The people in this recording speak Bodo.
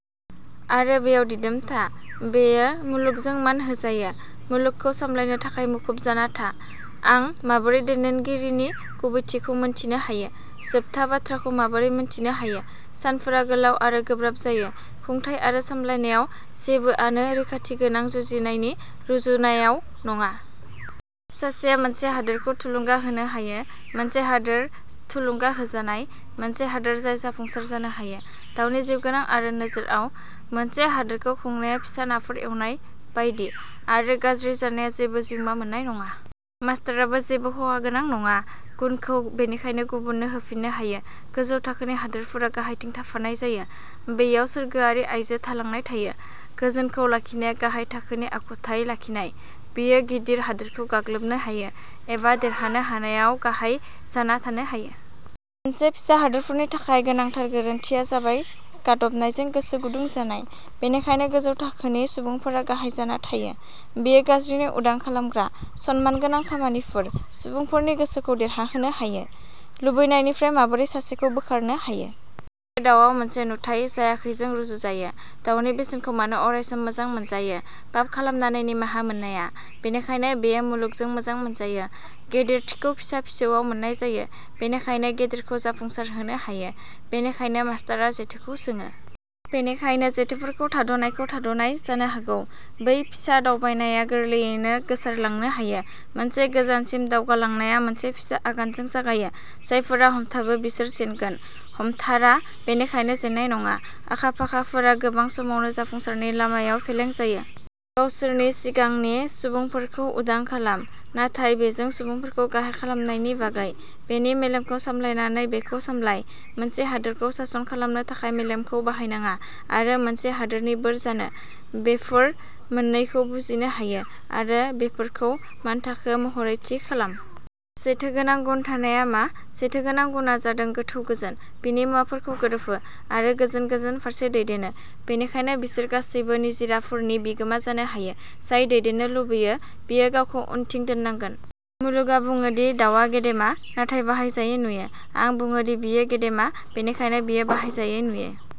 आरो बेयाव दिदोम था। बेयो मुलुगजों मान होजायो। मुलुगखौ सामलायनो थाखाय मुखुब जाना था। आं माबोरै दैदेनगिरिनि गुबैथिखौ मिथिनो हायो? जोबथा बाथ्राखौ माबोरै मिथिनो हायो? सानफोरा गोलाव आरो गोब्राब जायो। खुंथाय आरो सामलायनायाव, जेबोआनो रैखाथिगोनां जानायनि रुजुनायाव नङा। सासेया मोनसे हादोरखौ थुलुंगा होनो हायो। मोनसे हादोर थुलुंगा होजानाय, मोनसे हादोर जाय जाफुंसार जानो हायो। दावनि जिउगोनां आरो नोजोरआव। मोनसे हादोरखौ खुंनाया फिसा नाफोरखौ एवनाय बायदि। आरो गाज्रि जानाया जेबो जिउमा मोन्नाय नङा। मास्तराबो जेबो खहागोनां नङा। गुनखौ बेनिखायनो गुबुननो होफिननो हायो। गोजौ थाखोनि हादोरफोरा गाहायथिं थाफानाय जायो। बैयाव सोरगोआरि आइजो थालांनाय थायो। गोजोनखौ लाखिनाया गाहाय थाखोनि आखुथाय लाखिनाय। बेयो गिदिर हादोरखौ गाग्लोबनो हायो। एबा देरहानो हानायाव गाहाय जाना थानो हायो। मोनसे फिसा हादोरनि थाखाय गोनांथार गोरोन्थिआ जाबाय गादबनायजों गोसो गुदुं जानाय। बेनिखायनो गोजौ थाखोनि सुबुंफोरा गाहाय जाना थायो। बेयो गाज्रिनि उदां खालामग्रा। सनमानगोनां खामानिफोर। सुबुंफोरनि गोसोखौ देरहानो हायो। लुबैनायनिफ्राय माबोरै सासेखौ बोखारनो हायो? बेयो दावआव मोनसे नुथाय जासियाखैजों रुजुजायो। दावनि बेसेनखौ मानो अरायसम मोजां मोनजायो? पाप खालामनानै निमाहा मोननाया? बेनिखायनो बेयो मुलुगजों मोजां मोनजायो। गेदेरथिखौ फिसा-फिसौआव मोन्नाय जायो। बेनिखायनो गेदेरखौ जाफुंसारहोनो हायो। बेनिखायनो मास्तरआ जेथोखौ सोङो। बेनिखायनो जेथोफोरखौ थाद "नायखौ थाद" नाय जानो हागौ। बै फिसा दावबायनाया गोरलैयैनो गोसारनो हायो। मोनसे गोजानसिम दावगालांनाया मोनसे फिसा आगानजों जागायो। जायफोरा हमथाबो बिसोर जेनगोन। हमथारा, बेनिखायनो जेननाय नङा। आखा-फाखाफोरा गोबां समावनो जाफुंसारनायनि लामायाव फेलें जायो। गावसोरनि सिगांनि सुबुंफोरखौ उदां खालाम। नाथाय बेजों सुबुंफोरखौ गाहाय खालामनायनि बागै। बेनि मेलेमखौ सामलायनानै बेखौ सामलाय। मोनसे हादोरखौ सासन खालामनो थाखाय मेलेमखौ बाहायनाङा, आरो मोनसे हादोरनि बोर जानो। बेफोर मोननैखौ बुजिनो हायो, आरो बेफोरखौ मानथाखो महरै थि खालाम। जेथो गोनां गुन थानायआ मा। जेथो गोनां गुनआ जादों। गोथौ! गोजान! बिनि मुवाफोरखौ गोरोबहो! आरो गोजोन गोजोन फारसे दैदेनो। बेनिखायनो बिसोर गासैबो निजिराफोरनि बिगोमा जानो हायो। जाय दैदेननो लुबैयो, बियो गावखौ उनथिं दोननांगोन। मुलुगआ बुङो दि दावआ गेदेमा, नाथाय बाहायजायै नुयो। आं बुङो दि बेयो गेदेमा, बेनिखायनो बेयो बाहायजायै नुयो।